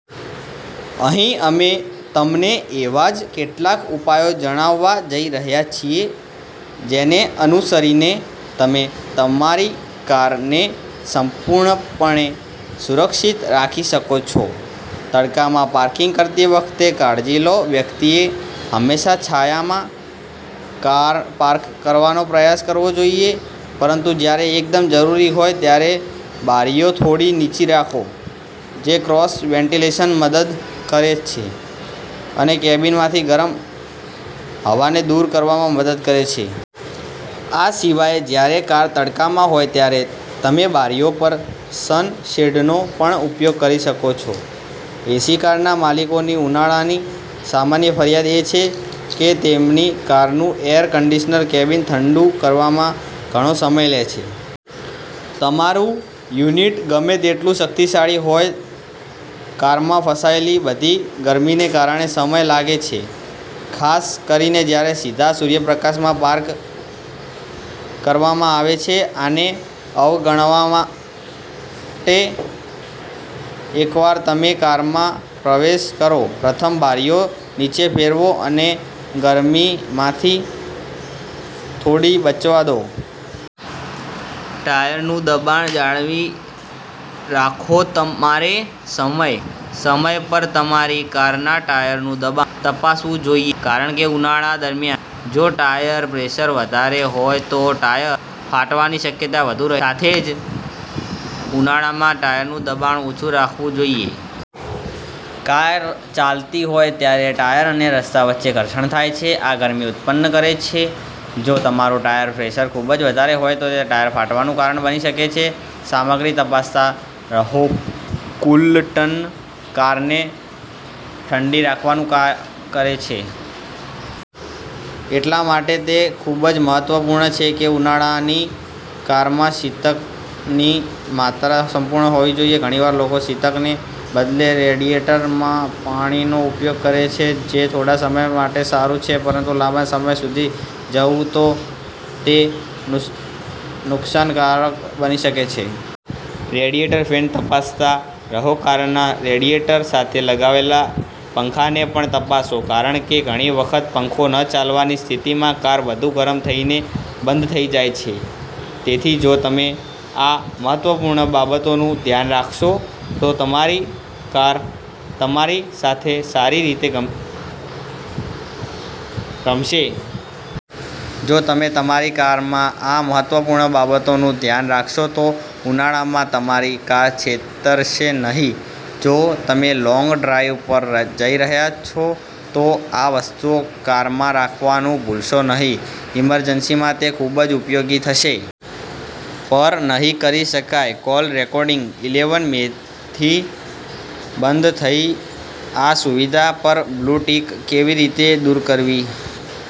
અહીં અમે તમને એવા જ કેટલાક ઉપાયો જણાવવા જઈ રહ્યા છીએ, જેને અનુસરીને તમે તમારી કારને સંપૂર્ણપણે સુરક્ષિત રાખી શકો છો. તડકામાં પાર્કિંગ કરતી વખતે કાળજી લોવ્યક્તિએ હંમેશા છાયામાં કાર પાર્ક કરવાનો પ્રયાસ કરવો જોઈએ, પરંતુ જ્યારે એકદમ જરૂરી હોય, ત્યારે બારીઓ થોડી નીચી રાખો, જે ક્રોસ-વેન્ટિલેશનમાં મદદ કરે છે અને કેબિનમાંથી ગરમ હવાને દૂર કરવામાં મદદ કરે છે. આ સિવાય જ્યારે કાર તડકામાં હોય ત્યારે તમે બારીઓ પર સન શેડનો પણ ઉપયોગ કરી શકો છો. એસીકારના માલિકોની ઉનાળાની સામાન્ય ફરિયાદ એ છે કે તેમની કારનું એર કંડિશનર કેબિનને ઠંડુ કરવામાં ઘણો સમય લે છે. તમારું યુનિટ ગમે તેટલું શક્તિશાળી હોય, કારમાં ફસાયેલી બધી ગરમીને કારણે સમય લાગે છે, ખાસ કરીને જ્યારે સીધા સૂર્યપ્રકાશમાં પાર્ક કરવામાં આવે છે. આને અવગણવા માટે, એકવાર તમે કારમાં પ્રવેશ કરો, પ્રથમ બારીઓ નીચે ફેરવો અને ગરમીમાંથી થોડી બચવા દો. ટાયરનું દબાણ જાળવી રાખોતમારે સમય સમય પર તમારી કારના ટાયરનું દબાણ તપાસવું જોઈએ. કારણ કે ઉનાળા દરમિયાન જો ટાયરમાં પ્રેશર વધારે હોય તો ટાયર ફાટવાની શક્યતા વધુ રહે છે. સાથે જ ઉનાળામાં ટાયરનું દબાણ ઓછું રાખવું જોઈએ. કાર ચાલતી હોય ત્યારે ટાયર અને રસ્તા વચ્ચે ઘર્ષણ થાય છે. આ ગરમી ઉત્પન્ન કરે છે. જો તમારું ટાયરનું પ્રેશર ખૂબ વધારે હોય તો તે ટાયર ફાટવાનું કારણ બની શકે છે. સામગ્રી તપાસતા રહોકૂલન્ટ કારને ઠંડી રાખવાનું કામ કરે છે. એટલા માટે તે ખૂબ જ મહત્વપૂર્ણ છે કે ઉનાળાની કારમાં શીતકની માત્રા સંપૂર્ણ હોવી જોઈએ. ઘણીવાર લોકો શીતકને બદલે રેડિએટરમાં પાણીનો ઉપયોગ કરે છે, જે થોડા સમય માટે સારું છે, પરંતુ જો લાંબા સમય સુધી જવું પડે તો તે નુકસાનકારક બની શકે છે. રેડિયેટર ફેન તપાસતા રહોકારના રેડિએટર સાથે લગાવેલા પંખાને પણ તપાસો. કારણ કે ઘણી વખત પંખો ન ચાલવાની સ્થિતિમાં કાર વધુ ગરમ થઈને બંધ થઈ જાય છે. તેથી જો તમે આ મહત્વપૂર્ણ બાબતોનું ધ્યાન રાખશો તો તમારી કાર તમારી સાથે સારી રીતે રમશે. જો તમે તમારી કારમાં આ મહત્વપૂર્ણ બાબતોનું ધ્યાન રાખશો તો ઉનાળામાં તમારી કાર છેતરશે નહીં. જો તમે લોંગ ડ્રાઈવ પર જઈ રહ્યા છો તો આ વસ્તુઓને કારમાં રાખવાનું ભૂલશો નહીં, ઈમરજન્સીમાં તે ખૂબ જ ઉપયોગી થશે. પર નહીં કરી શકાય કોલ રેકોર્ડિંગ, ઇલેવન મેથી બંધ થશે આ સુવિધા પર બ્લુ ટિક કેવી રીતે દૂર કરવી?